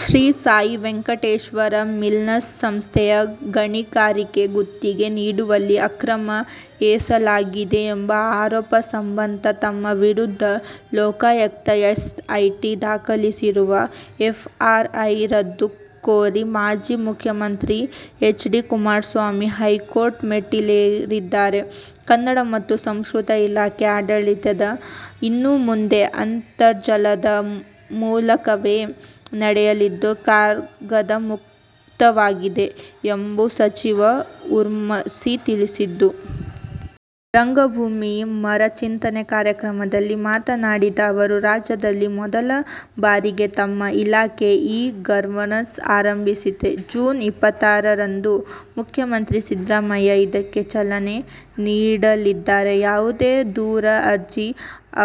Shri Sai Venkateshwara minerals ಸಂಸ್ಥೆಗೆ ಗಣಿಗಾರಿಕೆ ಗುತ್ತಿಗೆ ನೀಡುವಲ್ಲಿ ಅಕ್ರಮ ಎಸಲಾಗಿದೆ ಎಂಬ ಆರೋಪ ಸಂಬಂಧ ತಮ್ಮ ವಿರುದ್ಧ ಲೋಕಾಯುಕ್ತ ಎಸ್ಐಟಿ ದಾಖಲಿಸಿರುವ ಎಫ್ಐಆರ್ ರದ್ದು ಕೋರಿ ಮಾಜಿ ಮುಖ್ಯಮಂತ್ರಿ ಎಚ್. ಡಿ. ಕುಮಾರಸ್ವಾಮಿ ಹೈಕೋರ್ಟ್ ಮೆಟ್ಟಿಲೇರಿದ್ದಾರೆ. ಕನ್ನಡ ಮತ್ತು ಸಂಸ್ಕೃತಿ ಇಲಾಖೆ ಆಡಳಿತ ಇನ್ನು ಮುಂದೆ ಅಂತರ್ಜಾಲದ ಮೂಲಕವೇ ನಡೆಯಲಿದ್ದು ಕಾಗದ ಮುಕ್ತವಾಗಲಿದೆ ಎಂದು ಸಚಿವೆ ಉಮಾಶ್ರೀ ತಿಳಿಸಿದರು. "ರಂಗಭೂಮಿ ಮರುಚಿಂತನೆ' ಕಾರ್ಯಕ್ರಮದಲ್ಲಿ ಮಾತನಾಡಿದ ಅವರು, ರಾಜ್ಯದಲ್ಲಿ ಮೊದಲ ಬಾರಿಗೆ ನಮ್ಮ ಇಲಾಖೆ ಇ-ಗವರ್ನನ್ಸ್ ಆರಂಭಿಸುತ್ತಿದೆ. ಜೂನ್ ಇಪ್ಪತ್ತಾರರಂದು ಮುಖ್ಯಮಂತ್ರಿ ಸಿದ್ದರಾಮಯ್ಯ ಇದಕ್ಕೆ ಚಾಲನೆ ನೀಡಲಿದ್ದಾರೆ. ಯಾವುದೇ ದೂರು, ಅರ್ಜಿ,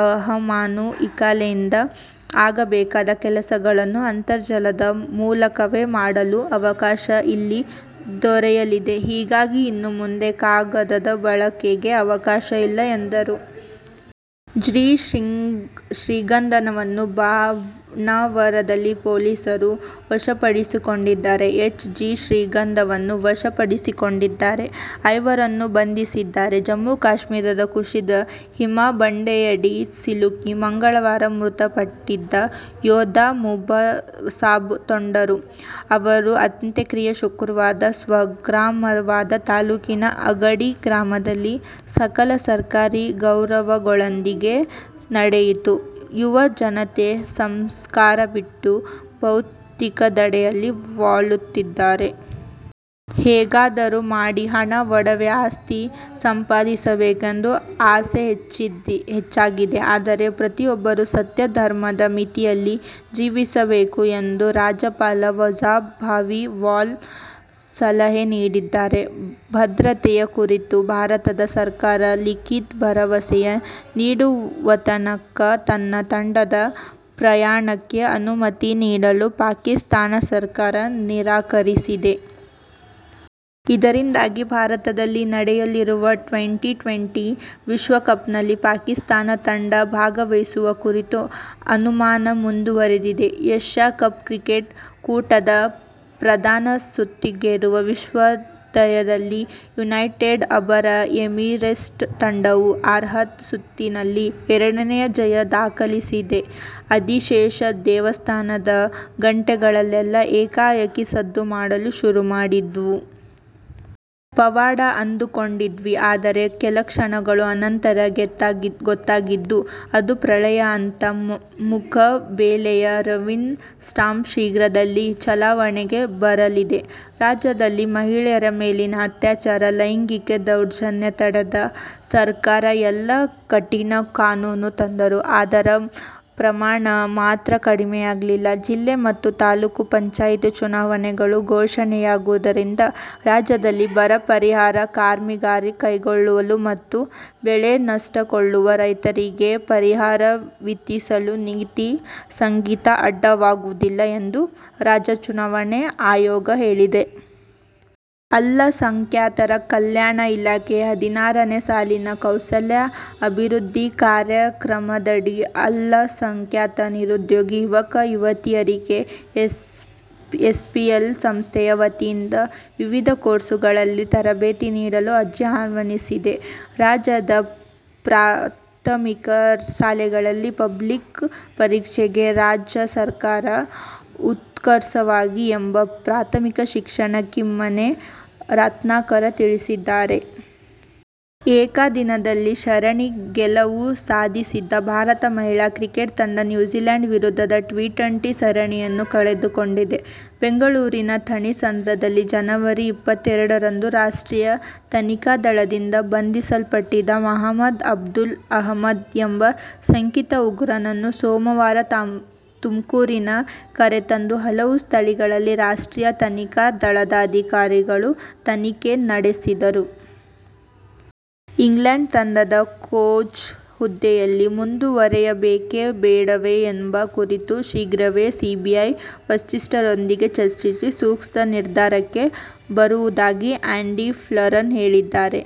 ಅಹವಾಲು, ಇಲಾಖೆಯಿಂದ ಆಗಬೇಕಾದ ಕೆಲಸಗಳನ್ನು ಅಂತರ್ಜಾಲದ ಮೂಲಕವೇ ಮಾಡುವ ಅವಕಾಶ ಇಲ್ಲಿ ದೊರೆಯಲಿದೆ. ಹೀಗಾಗಿ ಇನ್ನು ಮುಂದೆ ಕಾಗದದ ಬಳಕೆಗೆ ಅವಕಾಶ ಇಲ್ಲ ಎಂದರು. ಜಿ. ಶ್ರೀಗಂಧವನ್ನು ಬಾಣಾವರದಲ್ಲಿ ಪೊಲೀಸರು ವಶಪಡಿಸಿಕೊಂಡಿದ್ದಾರೆ. ಎಚ್. ಜಿ. ಶ್ರೀಗಂಧವನ್ನು ವಶ ಪಡಿಸಿಕೊಂಡಿದ್ದಾರೆ. ಐವರನ್ನು ಬಂಧಿಸಿದ್ದಾರೆ. ಜಮ್ಮು-ಕಾಶ್ಮೀರದಲ್ಲಿ ಕುಸಿದ ಹಿಮಬಂಡೆಯಡಿ ಸಿಲುಕಿ ಮಂಗಳವಾರ ಮೃತಪಟ್ಟಿದ್ದ ಯೋಧ ಮಾಬುಸಾಬ್ ತೊಂಡೂರ ಅವರ ಅಂತ್ಯಕ್ರಿಯೆ ಶುಕ್ರವಾರ ಸ್ವಗ್ರಾಮವಾದ ತಾಲೂಕಿನ ಅಗಡಿ ಗ್ರಾಮದಲ್ಲಿ ಸಕಲ ಸರ್ಕಾರಿ ಗೌರವಗಳೊಂದಿಗೆ ನಡೆಯಿತು. ಯುವ ಜನತೆ ಸಂಸ್ಕಾರ ಬಿಟ್ಟು ಭೌತಿಕದೆಡೆಗೆ ವಾಲುತ್ತಿದ್ದಾರೆ. ಹೇಗಾದರೂ ಮಾಡಿ ಹಣ, ಒಡವೆ, ಆಸ್ತಿ ಸಂಪಾದಿಸಬೇಕೆಂಬ ಆಸೆ ಹೆಚ್ಚಾಗಿದೆ. ಆದರೆ, ಪ್ರತಿಯೊಬ್ಬರೂ ಸತ್ಯ, ಧರ್ಮದ ಮಿತಿಯಲ್ಲಿ ಜೀವಿಸಬೇಕು ಎಂದು ರಾಜ್ಯಪಾಲ ವಜೂಭಾಯಿ ವಾಲಾ ಸಲಹೆ ನೀಡಿದ್ದಾರೆ. ಭದ್ರತೆಯ ಕುರಿತು ಭಾರತ ಸರಕಾರ ಲಿಖಿತ ಭರವಸೆ ನೀಡುವತನಕ ತನ್ನ ತಂಡದ ಪ್ರಯಾಣಕ್ಕೆ ಅನುಮತಿ ನೀಡಲು ಪಾಕಿಸ್ಥಾನ ಸರಕಾರ ನಿರಾಕರಿಸಿದೆ. ಇದರಿಂದಾಗಿ ಭಾರತದಲ್ಲಿ ನಡೆಯಲಿರುವ ಟ್ವೆಂಟಿ-ಟ್ವೆಂಟಿ ವಿಶ್ವಕಪ್ನಲ್ಲಿ ಪಾಕಿಸ್ಥಾನ ತಂಡ ಭಾಗವಹಿಸುವ ಕುರಿತ ಅನುಮಾನ ಮುಂದುವರೆದಿದೆ. ಏಶ್ಯ ಕಪ್ ಕ್ರಿಕೆಟ್ ಕೂಟದ ಪ್ರಧಾನ ಸುತ್ತಿಗೇರುವ ವಿಶ್ವಾಸದಲ್ಲಿರುವ ಯುನೈಟೆಡ್ ಅರಬ್ ಎಮಿರೇಟ್ಸ್ ತಂಡವು ಅರ್ಹತಾ ಸುತ್ತಿನಲ್ಲಿ ಎರಡನೇ ಜಯ ದಾಖಲಿಸಿದೆ. "ಆದಿಶೇಷ ದೇವಸ್ಥಾನದ ಗಂಟೆಗಳೆಲ್ಲಾ ಏಕಾಏಕಿ ಸದ್ದು ಮಾಡಲು ಶುರು ಮಾಡಿದ್ವು. ಪವಾಡ ಅಂದ್ಕೊಂಡಿದ್ವಿ. ಆದ್ರೆ ಕೆಲಕ್ಷಣಗಳ ಅನಂತರ ಗೊತ್ತಾಗಿದ್ದು ಅದು ಪ್ರಳಯ ಅಂತ. ಮುಖಬೆಲೆಯ ರೆವಿನ್ಯೂ ಸ್ಟಾಂಪ್ ಶೀಘ್ರದಲ್ಲೇ ಚಲಾವಣೆಗೆ ಬರಲಿದೆ. ರಾಜ್ಯದಲ್ಲಿ ಮಹಿಳೆಯರ ಮೇಲಿನ ಅತ್ಯಾಚಾರ, ಲೈಂಗಿಕ ದೌರ್ಜನ್ಯ ತಡೆಗೆ ಸರ್ಕಾರ ಎಷ್ಟೇ ಕಠಿಣ ಕಾನೂನು ತಂದರೂ ಅದರ ಪ್ರಮಾಣ ಮಾತ್ರ ಕಡಿಮೆಯಾಗಿಲ್ಲ. ಜಿಲ್ಲಾ ಮತ್ತು ತಾಲೂಕು ಪಂಚಾಯ್ತಿ ಚುನಾವಣೆಗಳು ಘೋಷಣೆಯಾಗಿರುವುದರಿಂದ ರಾಜ್ಯದಲ್ಲಿ ಬರ ಪರಿಹಾರ ಕಾಮಗಾರಿ ಕೈಗೆತ್ತಿಕೊಳ್ಳಲು ಮತ್ತು ಬೆಳೆ ನಷ್ಟಕ್ಕೊಳಗಾದ ರೈತರಿಗೆ ಪರಿಹಾರ ವಿತರಿಸಲು ನೀತಿ ಸಂಹಿತೆ ಅಡ್ಡಿಯಾಗುವುದಿಲ್ಲ ಎಂದು ರಾಜ್ಯ ಚುನಾವಣಾ ಆಯೋಗ ಹೇಳಿದೆ. ಅಲ್ಪಸಂಖ್ಯಾತರ ಕಲ್ಯಾಣ ಇಲಾಖೆ ಹದಿನಾರನೇ ಸಾಲಿನ ಕೌಶಲ್ಯ ಅಭಿವೃದ್ಧಿ ಕಾರ್ಯಕ್ರಮದಡಿ ಅಲ್ಪಸಂಖ್ಯಾತ ನಿರುದ್ಯೋಗಿ ಯುವಕ-ಯುವತಿಯರಿಗೆ ಎಸಿಸಿಪಿಎಲ್ ಸಂಸ್ಥೆ ವತಿಯಿಂದ ವಿವಿಧ ಕೋರ್ಸುಗಳಲ್ಲಿ ತರಬೇತಿ ನೀಡಲು ಅರ್ಜಿ ಆಹ್ವಾನಿಸಿದೆ. ರಾಜ್ಯದ ಪ್ರಾಥಮಿಕ ಶಾಲೆಗಳಲ್ಲಿ ಪಬ್ಲಿಕ್ ಪರೀಕ್ಷೆಗೆ ರಾಜ್ಯ ಸರ್ಕಾರ ಉತ್ಸುಕವಾಗಿದೆ ಎಂದು ಪ್ರಾಥಮಿಕ ಶಿಕ್ಷಣ ಕಿಮ್ಮನೆ ರತ್ನಾಕರ ತಿಳಿಸಿದ್ದಾರೆ. ಏಕದಿನದಲ್ಲಿ ಸರಣಿ ಗೆಲುವು ಸಾಧಿಸಿದ್ದ ಭಾರತ ಮಹಿಳಾ ಕ್ರಿಕೆಟ್ ತಂಡ ನ್ಯೂಜಿಲ್ಯಾಂಡ್ ವಿರುದ್ಧದ ಟಿ-ಟ್ವೆಂಟಿ ಸರಣಿಯನ್ನು ಕಳೆದುಕೊಂಡಿದೆ. ಬೆಂಗಳೂರಿನ ಥಣಿಸಂದ್ರದಲ್ಲಿ ಜನವರಿ ಇಪ್ಪತ್ತೆರಡರಂದು ರಾಷ್ಟ್ರೀಯ ತನಿಖಾ ದಳದಿಂದ ಬಂಧಿಸಲ್ಪಟ್ಟಿದ್ದ ಮಹಮದ್ ಅಬ್ದುಲ್ ಅಹಮದ್ ಎಂಬ ಶಂಕಿತ ಉಗ್ರನನ್ನು ಸೋಮವಾರ ತುಮಕೂರಿಗೆ ಕರೆತಂದು ಹಲವು ಸ್ಥಳಗಳಲ್ಲಿ ರಾಷ್ಟ್ರೀಯ ತನಿಖಾ ದಳದ ಅಧಿಕಾರಿಗಳು ತನಿಖೆ ನಡೆಸಿದರು. ಇಂಗ್ಲಂಡ್ ತಂಡದ ಕೋಚ್ ಹುದ್ದೆಯಲ್ಲಿ ಮುಂದುವರಿಯಬೇಕೇ ಬೇಡವೇ ಎಂಬ ಕುರಿತು ಶೀಘ್ರವೇ ಇಸಿಬಿ ವರಿಷ್ಠರೊಂದಿಗೆ ಚರ್ಚಿಸಿ ಸೂಕ್ತ ನಿರ್ಧಾರಕ್ಕೆ ಬರುವುದಾಗಿ ಆ್ಯಂಡಿ ಫ್ಲವರ್ ಹೇಳಿದ್ದಾರೆ.